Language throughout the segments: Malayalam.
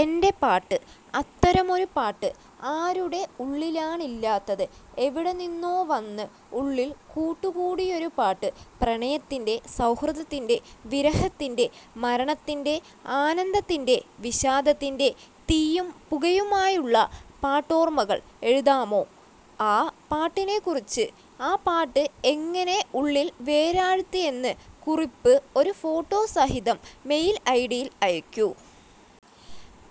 എൻ്റെ പാട്ട്: അത്തരമൊരു പാട്ട് ആരുടെ ഉള്ളിലാണില്ലാത്തത്. എവിടെനിന്നോ വന്ന് ഉള്ളിൽ കൂടുകൂട്ടിയൊരു പാട്ട്. പ്രണയത്തിൻ്റെ, സൗഹൃദത്തിൻ്റെ, വിരഹത്തിൻ്റെ, മരണത്തിൻ്റെ, ആനന്ദത്തിൻ്റെ, വിഷാദത്തിൻ്റെ തീയും പുകയുമുള്ള പാട്ടോർമ്മക്കൾ. എഴുതാമോ, ആ പാട്ടിനെക്കുറിച്ച്. ആ പാട്ട് എങ്ങനെ ഉള്ളിൽ വേരാഴ്ത്തിയെന്ന്. കുറിപ്പ് ഒരു ഫോട്ടോ സഹിതം മെയിൽ ഐഡിയിൽ അയക്കൂ.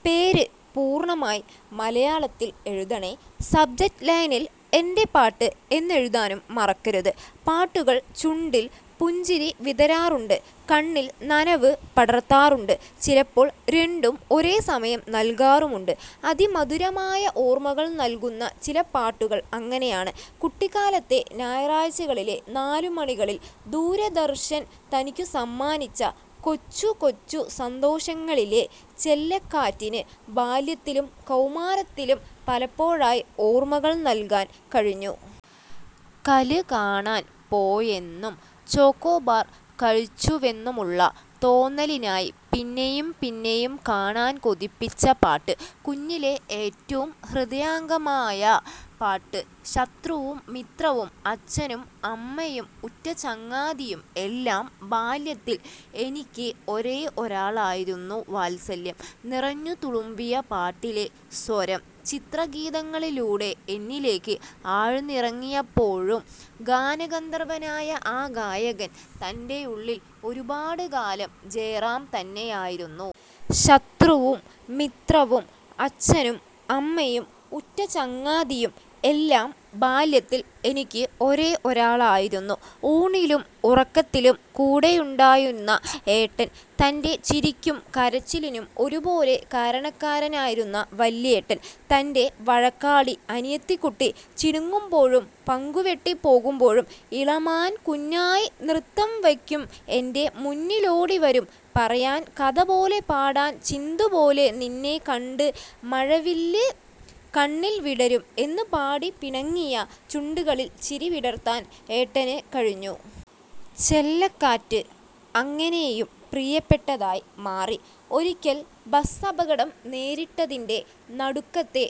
പേര് പൂർണ്ണമായി മലയാളത്തിൽ എഴുതണേ, സബ്ജെക്ട് ലൈനിൽ 'എൻ്റെ പാട്ട് ' എന്നെഴുതാനും മറക്കരുത് പാട്ടുകൾ ചുണ്ടിൽ പുഞ്ചിരി വിതരാറുണ്ട്. കണ്ണിൽ നനവ് പടർത്താറുണ്ട്. ചിലപ്പോൾ, രണ്ടും ഒരേസമയം നൽകാറുമുണ്ട്. അതിമധുരമായ ഓർമകൾ നൽകുന്ന ചില പാട്ടുകൾ അങ്ങനെയാണ്. കുട്ടിക്കാലത്തെ ഞായറാഴ്ചകളിലെ നാലുമണികളിൽ ദൂരദർശൻ തനിക്കു സമ്മാനിച്ച 'കൊച്ചു കൊച്ചു സന്തോഷങ്ങളിലെ’ ‘ചെല്ലക്കാറ്റിന്’ ബാല്യത്തിലും കൗമാരത്തിലും പലപ്പോഴായി ഓർമ്മകൾ നൽകാൻ കഴിഞ്ഞു. കല് കാണാൻ പോയെന്നും ചോക്കോബാർ കഴിച്ചുവെന്നുമുള്ള തോന്നലിനായി പിന്നെയും പിന്നെയും കാണാൻ കൊതിപ്പിച്ച പാട്ട്. കുഞ്ഞിലെ ഏറ്റവും ഹൃദയംഗമമായ പാട്ട്. ശത്രുവും മിത്രവും അച്ഛനും അമ്മയും ഉറ്റചങ്ങാതിയും എല്ലാം ബാല്യത്തിൽ എനിക്ക് ഒരേ ഒരാളായിരുന്നു വാത്സല്യം നിറഞ്ഞു തുളുമ്പിയ പാട്ടിലെ സ്വരം ചിത്രഗീതങ്ങളിലൂടെ എന്നിലേക്ക് ആഴ്ന്നിറങ്ങിയപ്പോഴും ഗാനഗന്ധർവനായ ആ ഗായകൻ തൻ്റെയുള്ളിൽ ഒരുപാടുകാലം ജയറാം തന്നെയായിരുന്നു. ശത്രുവും മിത്രവും അച്ഛനും അമ്മയും ഉറ്റചങ്ങാതിയും എല്ലാം ബാല്യത്തിൽ എനിക്ക് ഒരേ ഒരാളായിരുന്നു. ഊണിലും ഉറക്കത്തിലും കൂടെയുണ്ടായുന്ന ഏട്ടൻ. തൻ്റെ ചിരിക്കും കരച്ചിലിനും ഒരുപോലെ കാരണക്കാരനായിരുന്ന വല്യേട്ടൻ. തൻ്റെ വഴക്കാളി അനിയത്തികുട്ടി ചിണുങ്ങുമ്പോഴും പങ്കുവെട്ടി പോകുമ്പോഴും "ഇളമാൻ കുഞ്ഞായ് നൃത്തം വക്കും എൻ്റെ മുന്നിലോടി വരും പറയാൻ കഥ പോലെ പാടാൻ ചിന്തു പോലെ നിന്നെ കണ്ട് മഴവില്ല് കണ്ണിൽ വിടരും" എന്ന് പാടി പിണങ്ങിയ ചുണ്ടുകളിൽ ചിരി വിടർത്താൻ ഏട്ടന് കഴിഞ്ഞു. 'ചെല്ലക്കാറ്റ്' അങ്ങനെയും പ്രിയപ്പെട്ടതായി മാറി. ഒരിക്കൽ ബസ്സപകടം നേരിട്ടതിൻ്റെ നടുക്കത്തെ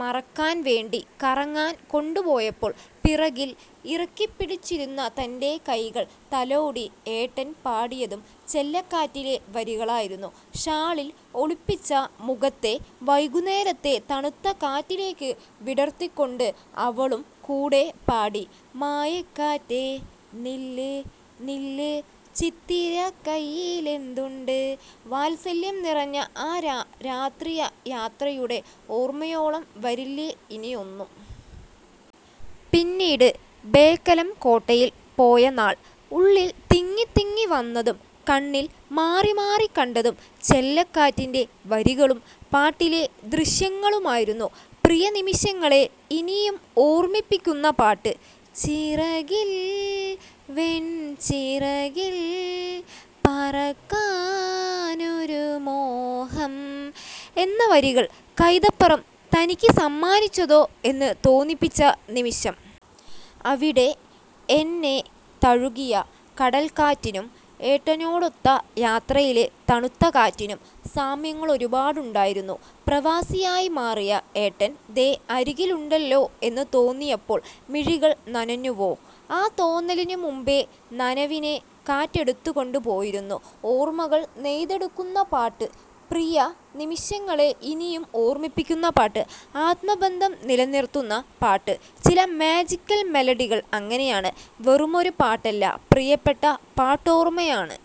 മറക്കാൻ വേണ്ടി കറങ്ങാൻ കൊണ്ടുപോയപ്പോൾ പിറകിൽ ഇറുക്കിപ്പിടിച്ചിരുന്ന തൻ്റെ കൈകൾ തലോടി ഏട്ടൻ പാടിയതും ചെല്ലക്കാറ്റിലെ വരികളായിരുന്നു. ഷാളിൽ ഒളിപ്പിച്ച മുഖത്തെ വൈകുന്നേരത്തെ തണുത്ത കാറ്റിലേക്ക് വിടർത്തികൊണ്ട് അവളും കൂടെ പാടി, "മായക്കാറ്റേ നില്ല് നില്ല് ചിത്തിര കയ്യിലെന്തുണ്ട്" വാത്സല്യം നിറഞ്ഞ ആ രാത്രിയാത്രയുടെ ഓർമ്മയോളം വരില്ലിനിയൊന്നും! പിന്നീട്, ബേക്കലം കോട്ടയിൽ പോയ നാൾ ഉള്ളിൽ തിങ്ങി തിങ്ങി വന്നതും കണ്ണിൽ മാറി മാറി കണ്ടതും ചെല്ലക്കാറ്റിൻ്റെ വരികളും പാട്ടിലെ ദൃശ്യങ്ങളുമായിരുന്നു. പ്രിയ നിമിഷങ്ങളെ ഇനിയും ഓർമ്മിപ്പിക്കുന്ന പാട്ട് "ചിറകിൽ വെൺചിറകിൽ പറക്കാനൊരു മോഹം" എന്ന വരികൾ കൈതപ്രം തനിക്ക് സമ്മാനിച്ചതോ എന്ന് തോന്നിപ്പിച്ച നിമിഷം. അവിടെ എന്നെ തഴുകിയ കടൽകാറ്റിനും ഏട്ടനോടൊത്ത യാത്രയിലെ തണുത്ത കാറ്റിനും സാമ്യങ്ങളൊരുപാടുണ്ടായിരുന്നു. പ്രവാസിയായി മാറിയ ഏട്ടൻ, ദേ അരികിലുണ്ടല്ലോ എന്ന് തോന്നിയപ്പോൾ മിഴികൾ നനഞ്ഞുവോ? ആ തോന്നലിനു മുമ്പേ നനവിനെ കാറ്റെടുത്തു കൊണ്ട് പോയിരുന്നു. ഓർമ്മകൾ നെയ്തെടുക്കുന്ന പാട്ട് പ്രിയ നിമിഷങ്ങളെ ഇനിയും ഓർമ്മിപ്പിക്കുന്ന പാട്ട് ആത്മബന്ധം നിലനിർത്തുന്ന പാട്ട് ചില മാജിക്കൽ മെലഡികൾ അങ്ങനെയാണ്, വെറുമൊരു പാട്ടല്ല, പ്രിയപ്പെട്ട പാട്ടോർമ്മയാണ്.